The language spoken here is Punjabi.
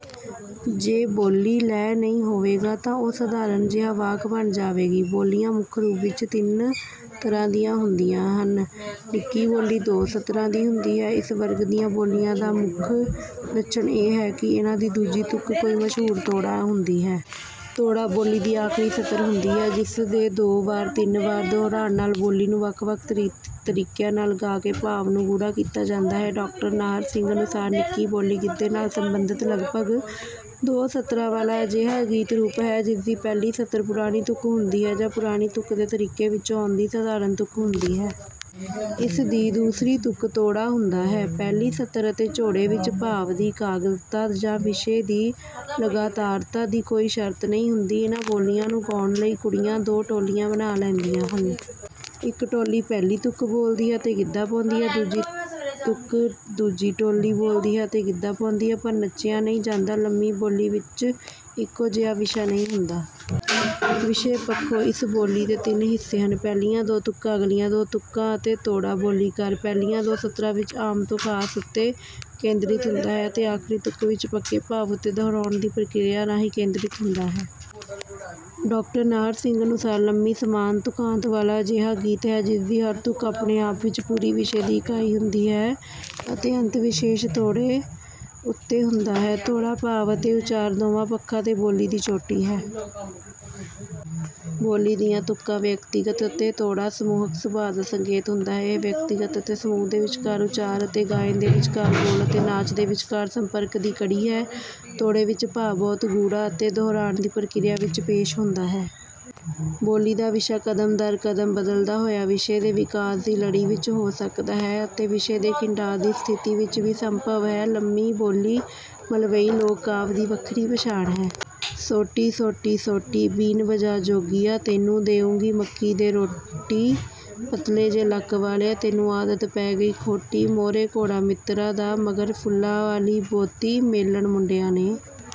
ਜੇ ਬੋਲੀ ਵਿੱਚ ਲੈਅ ਨਹੀਂ ਹੋਵੇਗਾ ਤਾਂ ਉਹ ਸਾਧਾਰਨ ਜਿਹਾ ਵਾਕ ਬਣ ਜਾਵੇਗੀ। ਬੋਲੀਆਂ ਮੁੱਖ ਰੂਪ ਵਿੱਚ ਤਿੰਨ ਤਰ੍ਹਾਂ ਦੀਆਂ ਹੁੰਦੀਆਂ ਹਨ। ਨਿੱਕੀ ਬੋਲੀ ਦੋ ਸਤਰਾਂ ਦੀ ਹੁੰਦੀ ਹੈ। ਇਸ ਵਰਗ ਦੀਆਂ ਬੋਲੀਆਂ ਦਾ ਮੁੱਖ ਲੱਛਣ ਇਹ ਹੈ ਕਿ ਇਨ੍ਹਾਂ ਦੀ ਦੂਜੀ ਤੁਕ ਕੋਈ ਮਸ਼ਹੂਰ 'ਤੋੜਾ' ਹੁੰਦੀ ਹੈ। ਤੋੜਾ ਬੋਲੀ ਦੀ ਆਖਰੀ ਸਤਰ ਹੁੰਦੀ ਹੈ। ਜਿਸ ਦੇ ਦੋ ਵਾਰ ਤਿੰਨ ਵਾਰ ਦੁਹਰਾਉਣ ਨਾਲ ਬੋਲੀ ਨੂੰ ਵੱਖ-ਵੱਖ ਤਰੀਕਿਆਂ ਨਾਲ ਗਾ ਕੇ ਭਾਵ ਨੂੰ ਗੂੜ੍ਹਾ ਕੀਤਾ ਜਾਂਦਾ ਹੈ। ਡਾਕਟਰ ਨਾਹਰ ਸਿੰਘ ਅਨੁਸਾਰ, "ਨਿੱਕੀ ਬੋਲੀ ਗਿੱਧੇ ਨਾਲ ਸੰਬੰਧਿਤ ਲਗਭਗ ਦੋ ਸਤਰਾਂ ਵਾਲਾ ਅਜਿਹਾ ਗੀਤ ਰੂਪ ਹੈ, ਜਿਸ ਦੀ ਪਹਿਲੀ ਸਤਰ ਪੁਰਾਣੀ ਤੁਕ ਹੁੰਦੀ ਹੈ ਜਾਂ ਪੁਰਾਣੀ ਤੁਕ ਦੇ ਤਰੀਕੇ ਵਿੱਚੋਂ ਆਉਂਦੀ ਸਾਧਾਰਨ ਤੁਕ ਹੁੰਦੀ ਹੈ। ਇਸ ਦੀ ਦੂਸਰੀ ਤੁਕ ਤੋੜਾ ਹੁੰਦਾ ਹੈ। ਪਹਿਲੀ ਸਤਰ ਅਤੇ ਤੋੜੇ ਵਿੱਚ ਭਾਵ ਦੀ ਇਕਾਗਰਤਾ ਜਾਂ ਵਿਸ਼ੇ ਦੀ ਲਗਾਤਾਰਤਾ ਦੀ ਕੋਈ ਸ਼ਰਤ ਨਹੀਂ ਹੁੰਦੀ।" ਇਨ੍ਹਾਂ ਬੋਲੀਆਂ ਨੂੰ ਗਾਉਣ ਲਈ ਕੁੜੀਆਂ ਦੋ ਟੋਲੀਆਂ ਬਣਾ ਲੈਂਦੀਆਂ ਹਨ। ਇੱਕ ਟੋਲੀ ਪਹਿਲੀ ਤੁਕ ਬੋਲਦੀ ਹੈ ਅਤੇ ਗਿੱਧਾ ਪਾਉਂਦੀ ਹੈ। ਦੂਜੀ ਤੁਕ ਦੂਜੀ ਟੋਲੀ ਬੋਲਦੀ ਹੈ ਅਤੇ ਗਿੱਧਾ ਪਾਉਂਦੀ ਹੈ, ਪਰ ਨੱਚਿਆ ਨਹੀਂ ਜਾਂਦਾ। ਲੰਮੀ ਬੋਲੀ ਵਿੱਚ ਇੱਕੋ ਜਿਹਾ ਵਿਸ਼ਾ ਨਹੀਂ ਹੁੰਦਾ ਹੈ। ਵਿਸ਼ੇ ਪੱਖੋਂ ਇਸ ਬੋਲੀ ਦੇ ਤਿੰਨ ਹਿੱਸੇ ਹਨ – ਪਹਿਲੀਆਂ ਦੋ ਤੁਕਾਂ, ਅਗਲੀਆਂ ਦੋ ਤੁਕਾਂ ਅਤੇ ਤੋੜਾ। ਬੋਲੀਕਾਰ ਪਹਿਲੀਆਂ ਦੋ ਸਤਰਾਂ ਵਿੱਚ ਆਮ ਤੋਂ ਖਾਸ ਉੱਤੇ ਕੇਂਦਰਿਤ ਹੁੰਦਾ ਹੈ ਅਤੇ ਆਖਰੀ ਤੁਕ ਵਿੱਚ ਪੱਕੇ ਭਾਵ ਉੱਤੇ ਦੁਹਰਾਉਣ ਦੀ ਪ੍ਰਕਿਰਿਆ ਰਾਹੀਂ ਕੇਂਦਰਿਤ ਹੁੰਦਾ ਹੈ। ਡਾਕਟਰ ਨਾਹਰ ਸਿੰਘ ਅਨੁਸਾਰ, "ਲੰਮੀ ਸਮਾਨ ਤੁਕਾਂਤ ਵਾਲਾ ਅਜਿਹਾ ਗੀਤ ਹੈ ਜਿਸ ਦੀ ਹਰ ਤੁਕ ਆਪਣੇ ਆਪ ਵਿੱਚ ਪੂਰੀ ਵਿਸ਼ੇ ਦੀ ਇਕਾਈ ਹੁੰਦੀ ਹੈ ਅਤੇ ਅੰਤ ਵਿਸ਼ੇਸ਼ ਤੋੜੇ ਉੱਤੇ ਹੁੰਦਾ ਹੈ। ਤੋੜਾ ਭਾਵ ਅਤੇ ਉਚਾਰ ਦੋਵਾਂ ਪੱਖਾਂ ਤੋਂ ਬੋਲੀ ਦੀ ਚੋਟੀ ਹੈ। ਬੋਲੀ ਦੀਆਂ ਤੁਕਾਂ ਵਿਅਕਤੀਗਤ ਅਤੇ ਤੋੜਾ ਸਮੂਹਕ ਸੁਭਾਅ ਦਾ ਸੰਕੇਤ ਹੁੰਦਾ ਹੈ। ਇਹ ਵਿਅਕਤੀ ਅਤੇ ਸਮੂਹ ਦੇ ਵਿਚਕਾਰ, ਉਚਾਰ ਅਤੇ ਗਾਇਨ ਦੇ ਵਿਚਕਾਰ, ਬੋਲ ਅਤੇ ਨਾਚ ਦੇ ਵਿਚਕਾਰ ਸੰਪਰਕ ਦੀ ਕੜੀ ਹੈ। ਤੋੜੇ ਵਿੱਚ ਭਾਵ ਬਹੁਤ ਗੂੜ੍ਹਾ ਅਤੇ ਦੁਹਰਾਉਣ ਦੀ ਪ੍ਰਕਿਰਿਆ ਵਿੱਚ ਪੇਸ਼ ਹੁੰਦਾ ਹੈ। ਬੋਲੀ ਦਾ ਵਿਸ਼ਾ ਕਦਮ ਦਰ ਕਦਮ ਬਦਲਦਾ ਹੋਇਆ ਵਿਸ਼ੇ ਦੇ ਵਿਕਾਸ ਦੀ ਲੜੀ ਵਿੱਚ ਵੀ ਹੋ ਸਕਦਾ ਹੈ ਅਤੇ ਵਿਸ਼ੇ ਦੇ ਖਿੰਡਾਅ ਦੀ ਸਥਿਤੀ ਵਿੱਚ ਵੀ ਸੰਭਵ ਹੈ। ਲੰਮੀ ਬੋਲੀ ਮਲਵਈ ਲੋਕ-ਕਾਵਿ ਦੀ ਵੱਖਰੀ ਪਛਾਣ ਹੈ।" ਸੋਟੀ, ਸੋਟੀ, ਸੋਟੀ ਬੀਨ ਵਜਾ ਜੋਗੀਆ ਤੈਨੂੰ ਦੇਊਂਗੀ ਮੱਕੀ ਦੇ ਰੋਟੀ ਪਤਲੇ ਜੇ ਲੱਕ ਵਾਲ਼ਿਆਂ ਤੈਨੂੰ ਆਦਤ ਪੈ ਗਈ ਖੋਟੀ ਮੂਹਰੇ ਘੋੜਾ ਮਿੱਤਰਾਂ ਦਾ, ਮਗਰ ਫੁੱਲਾਂ ਆਲ਼ੀ ਬੋਤੀ ਮੇਲਣ ਮੁੰਡਿਆਂ ਨੇ